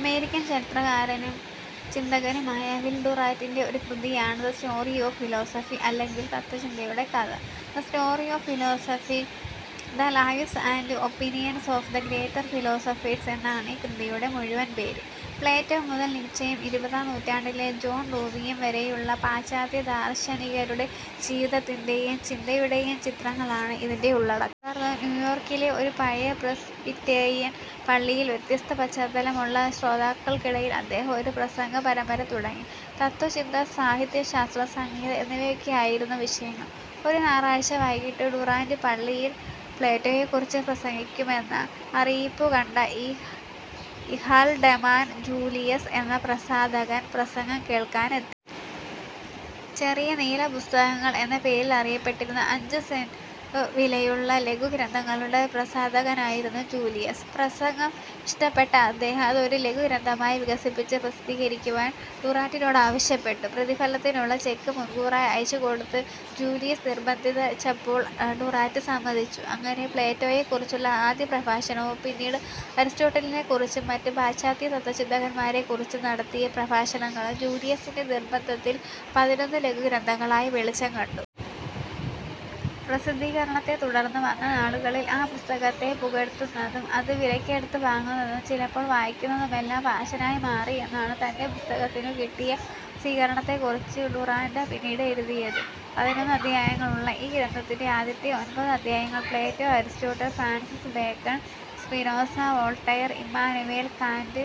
American ചരിത്രകാരനും ചിന്തകനുമായ Will ഡുറാന്റിന്റെ ഒരു കൃതിയാണ് ദ സ്റ്റോറി ഓഫ് ഫിലോസഫി അല്ലെങ്കിൽ തത്ത്വചിന്തയുടെ കഥ. "The story of philosophy, the lives and opinions of the greater philosophers" എന്നാണ് ഈ കൃതിയുടെ മുഴുവൻ പേര്. പ്ലേറ്റോ മുതൽ നീച്ചയും ഇരുപതാം നൂറ്റാണ്ടിലെ ജോൺ ഡൂവിയും വരേയുള്ള പാശ്ചാത്യ ദാർശനികരുടെ ജീവിതത്തിന്റേയും ചിന്തയുടേയും ചിത്രങ്ങളാണ് ഇതിന്റെ ഉള്ളടക്കം. തുടർന്ന്, ന്യൂയോർക്കിലെ ഒരു പഴയ പ്രിസ്ബിറ്റേറിയൻ പള്ളിയിൽ വ്യത്യസ്തപശ്ചാത്തലമുള്ള ശ്രോതക്കൾക്കിടയിൽ അദ്ദേഹം ഒരു പ്രസംഗപരമ്പര തുടങ്ങി. തത്ത്വചിന്ത, സാഹിത്യം, ശാസ്ത്രം, സംഗീതം എന്നിവയൊക്കെയായിരുന്നു വിഷയങ്ങൾ. ഒരു ഞായറാഴ്ച വൈകിട്ട് ഡുറാന്റ് പള്ളിയിൽ പ്ലേറ്റോയേക്കുറിച്ച് പ്രസംഗിക്കുമെന്ന അറിയിപ്പുകണ്ട ഇ ഹാൽഡെമാൻ ജൂലിയസ് എന്ന പ്രസാധകൻ പ്രസംഗം കേൾക്കാനെത്തി. ചെറിയ നീലപ്പുസ്തകങ്ങൾ എന്ന പേരിലറിയപ്പെട്ടിരുന്ന അഞ്ചു സെന്റ് വിലയുള്ള ലഘുഗ്രന്ഥങ്ങളുടെ പ്രസാധകനായിരുന്നു ജൂലിയസ്. പ്രസംഗം ഇഷ്ടപ്പെട്ട അദ്ദേഹം അത് ഒരു ലഘുഗ്രന്ഥമായി വികസിപ്പിച്ച് പ്രസിദ്ധീകരിക്കുവാൻ ഡുറാന്റിനോടാവശ്യപ്പെട്ടു. പ്രതിഫലത്തിനുള്ള ചെക്ക് മുൻകൂറായി അയച്ചുകൊടുത്ത് ജൂലിയസ് നിർബ്ബന്ധിച്ചപ്പോൾ ഡുറാന്റ് സമ്മതിച്ചു. അങ്ങനെ പ്ലേറ്റോയേക്കുറിച്ചുള്ള ആദ്യപ്രഭാഷണവും പിന്നീട് അരിസ്റ്റോട്ടിലിനെക്കുറിച്ചും മറ്റു പാശ്ചാത്യതത്ത്വചിന്തകന്മാരെക്കുറിച്ചും നടത്തിയ പ്രഭാഷണങ്ങളും ജൂലിയസിന്റെ നിർബ്ബന്ധത്തിൽ പതിനൊന്നു ലഘുഗ്രന്ഥങ്ങളായി വെളിച്ചം കണ്ടു. പ്രസിദ്ധീകരണത്തെ തുടർന്നു വന്ന നാളുകളിൽ ആ പുസ്തകത്തെ പുകഴ്ത്തുന്നതും, അത് വിലകൊടുത്തു വാങ്ങുന്നതും, ചിലപ്പോൾ വായിക്കുന്നതുപോലും ഫാഷനായി മാറി എന്നാണ് തന്റെ പുസ്തകത്തിനുകിട്ടിയ സ്വീകരണത്തെക്കുറിച്ച് ഡുറാന്റ് പിന്നീട് എഴുതിയത്. പതിനൊന്ന് അദ്ധ്യായങ്ങളുള്ള ഈ ഗ്രന്ഥത്തിന്റെ ആദ്യത്തെ ഒൻപത് അദ്ധ്യായങ്ങൾ Plato, Aristotle, Francis Bacon, Spinoza, Voltaire, Immanuel Kant,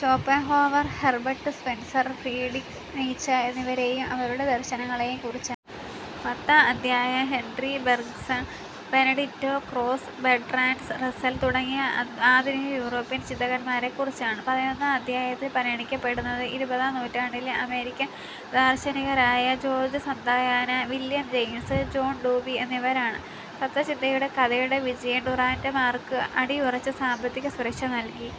Schopenhauer, Herbert Spencer, Friedrich Nietzsche എന്നിവരേയും അവരുടെ ദർശനങ്ങളേയും കുറിച്ചാണ്. പത്താം അദ്ധ്യായം Henri Bergson, Benedetto Croce Bertrand Russell തുടങ്ങിയ ആധുനിക യൂറോപ്യൻ ചിന്തകന്മാരെക്കുറിച്ചാണ്. പതിനൊന്നാം അദ്ധ്യായത്തിൽ പരിഗണിക്കപ്പെടുന്നത് ഇരുപതാം നൂറ്റാണ്ടിലെ അമേരിക്കൻ ദാർശനികരായ George Santayana, William James, John Dewey എന്നിവരാണ്. തത്ത്വചിന്തയുടെ കഥയുടെ വിജയം ഡുറാന്റുമാർക്ക് അടിയുറച്ച സാമ്പത്തിക സുരക്ഷ നൽകി.